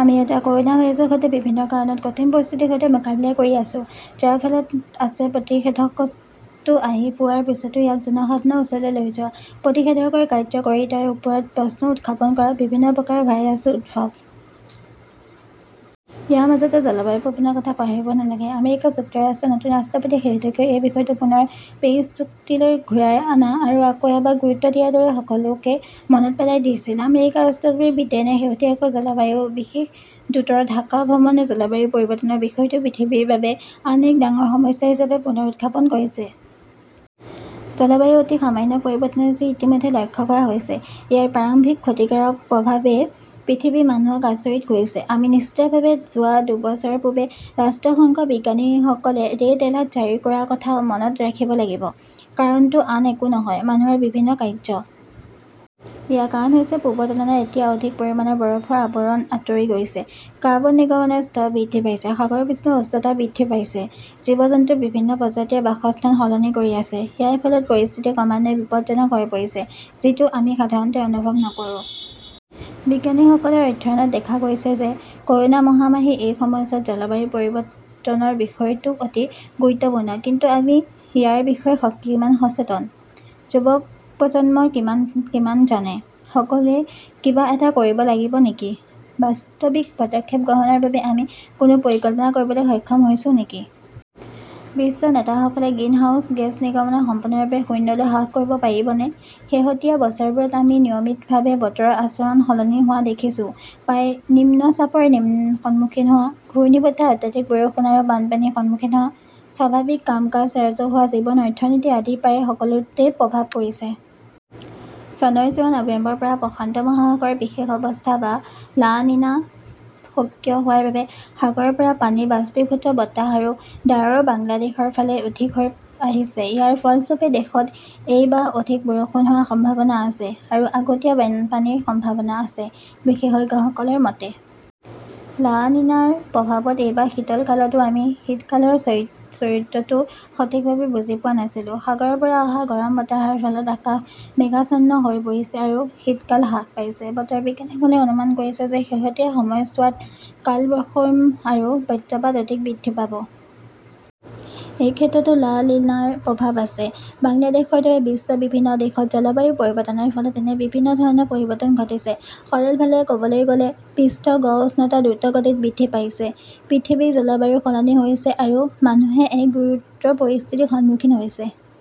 আমি এতিয়াও ক'ৰোনা ভাইৰাছৰ সৈতে বিভিন্ন কাৰণত কঠিন পৰিস্থিতিৰ সৈতে মোকাবিলা কৰি আছো, যাৰ ভিতৰত আছে প্ৰতিষেধকটো আহি পোৱাৰ পিছতো ইয়াক জনসাধাৰণৰ ওচৰলৈ লৈ যোৱা, প্ৰতিষেধকৰ কাৰ্য্যকৰীতাৰ ওপৰত প্ৰশ্ন উত্থাপন কৰা, বিভিন্ন প্ৰকাৰৰ ভাইৰাছৰ উদ্ভৱ। ইয়াৰ মাজতে জলবায়ু পৰিৱৰ্তনৰ কথা পাহৰিব নালাগে। আমেৰিকা যুক্তৰাষ্ট্ৰৰ নতুন ৰাষ্ট্ৰপতিয়ে শেহতীয়াকৈ এই বিষয়টো পুনৰ পেৰিছ চুক্তিলৈ ঘূৰাই অনা আৰু আকৌ এবাৰ গুৰুত্ব দিয়াৰ দৰে সকলোকে মনত পেলাই দিছে। আমেৰিকাৰ ৰাষ্ট্ৰপতি বিডেনে শেহতীয়াকৈ জলবায়ুৰ বিশেষ দূতৰ ঢাকা ভ্ৰমণে জলবায়ু পৰিৱৰ্তনৰ বিষয়টো পৃথিৱীৰ বাবে আন এক ডাঙৰ সমস্যা হিচাপে পুনৰ উত্থাপন কৰিছে। জলবায়ুৰ অতি সামান্য পৰিৱৰ্তন যি ইতিমধ্যে লক্ষ্য কৰা হৈছে, ইয়াৰ প্ৰাৰম্ভিক ক্ষতিকাৰক প্ৰভাৱে পৃথিৱীৰ মানুহক আচৰিত কৰিছে। আমি নিশ্চিতভাৱে যোৱা দুবছৰ পূৰ্বে ৰাষ্ট্ৰসংঘৰ বিজ্ঞানীসকলে ৰেড-এলাৰ্ট জাৰি কৰাৰ কথা মনত ৰাখিব লাগিব। কাৰণটো আন একো নহয়, মানুহৰ বিভিন্ন কাৰ্য্য। ইয়াৰ কাৰণ হৈছে পূৰ্বৰ তুলনাত এতিয়া অধিক পৰিমাণৰ বৰফৰ আৱৰণ আঁতৰি গৈছে, কাৰ্বন নিৰ্গমনৰ স্তৰ বৃদ্ধি পাইছে, সাগৰৰ পৃষ্ঠৰ উচ্চতা বৃদ্ধি পাইছে। জীৱ-জন্তুৰ বিভিন্ন প্ৰজাতিয়ে বাসস্থান সলনি কৰি আছে। ইয়াৰ ফলত পৰিস্থিতি ক্ৰমান্বয়ে বিপদজনক হৈ পৰিছে, যিটো আমি সাধাৰণতে অনুভৱ নকৰো। বিজ্ঞানীসকলৰ অধ্যয়নত দেখা গৈছে যে ক'ৰোনা মহামাৰীৰ এই সময়ছোৱাত জলবায়ু পৰিৱৰ্তনৰ বিষয়টোও অতি গুৰুত্বপূৰ্ণ। কিন্তু আমি ইয়াৰ বিষয়ে কিমান সচেতন? যুৱ প্ৰজন্মই কিমান জানে? সকলোৱে কিবা এটা কৰিব লাগিব নেকি? বাস্তৱিক পদক্ষেপ গ্ৰহণৰ বাবে আমি কোনো পৰিকল্পনা কৰিবলৈ সক্ষম হৈছো নেকি? বিশ্ব নেতাসকলে গ্ৰিনহাউজ গেছ নিৰ্গমন সম্পূৰ্ণৰূপে শূন্যলৈ হ্ৰাস কৰিব পাৰিবনে? শেহতীয়া বছৰবোৰত আমি নিয়মিতভাৱে বতৰৰ আচৰণ সলনি হোৱা দেখিছোঁ। প্ৰায়ে নিম্ন চাপৰ সন্মুখীন হোৱা, ঘূৰ্ণীবতাহ, অত্যাধিক বৰষুণ আৰু বানপানীৰ সন্মুখীন হোৱা। স্বাভাৱিক কাম-কাজ, ৰাজহুৱা জীৱন, অৰ্থনীতি আদি প্ৰায় সকলোতে প্ৰভাৱ পৰিছে। চনৰ যোৱা নৱেম্বৰৰ পৰা প্ৰশান্ত মহাসাগৰৰ বিশেষ অৱস্থা বা লা নিনা সক্ৰিয় হোৱাৰ বাবে সাগৰৰ পৰা পানীৰ বাষ্পীভূত বতাহ আৰু ডাৱৰ বাংলাদেশৰ ফালে অধিক হৈ আহিছে। ইয়াৰ ফলস্বৰূপে, দেশত এইবাৰ অধিক বৰষুণ হোৱাৰ সম্ভাৱনা আছে আৰু আগতীয়া বানপানীৰ সম্ভাৱনা আছে-বিশেষজ্ঞসকলৰ মতে। লা নিনাৰ প্ৰভাৱত এইবাৰ শীতকালতো আমি শীতকালৰ চৰিত্ৰটো সঠিকভাৱে বুজি পোৱা নাছিলো। সাগৰৰ পৰা অহা গৰম বতাহৰ ফলত আকাশ মেঘাচ্ছন্ন হৈ পৰিছে আৰু শীতকাল হ্ৰাস পাইছে। বতৰ বিজ্ঞানীসকলে অনুমান কৰিছে যে শেহতীয়া সময়ছোৱাত কালবৈষম আৰু বজ্ৰপাত অধিক বৃদ্ধি পাব। এই ক্ষেত্ৰতো লা লিনাৰ প্ৰভাৱ আছে। বাংলাদেশৰ দৰে বিশ্বৰ বিভিন্ন দেশত জলবায়ু পৰিৱৰ্তনৰ ফলত এনে বিভিন্ন ধৰণৰ পৰিৱৰ্তন ঘটিছে। সৰলভাৱে ক'বলৈ গ'লে, পৃষ্ঠৰ গড় উষ্ণতা দ্ৰুতগতিত বৃদ্ধি পাইছে, পৃথিৱীৰ জলবায়ু সলনি হৈছে আৰু মানুহে এক গুৰুতৰ পৰিস্থিতিৰ সন্মুখীন হৈছে।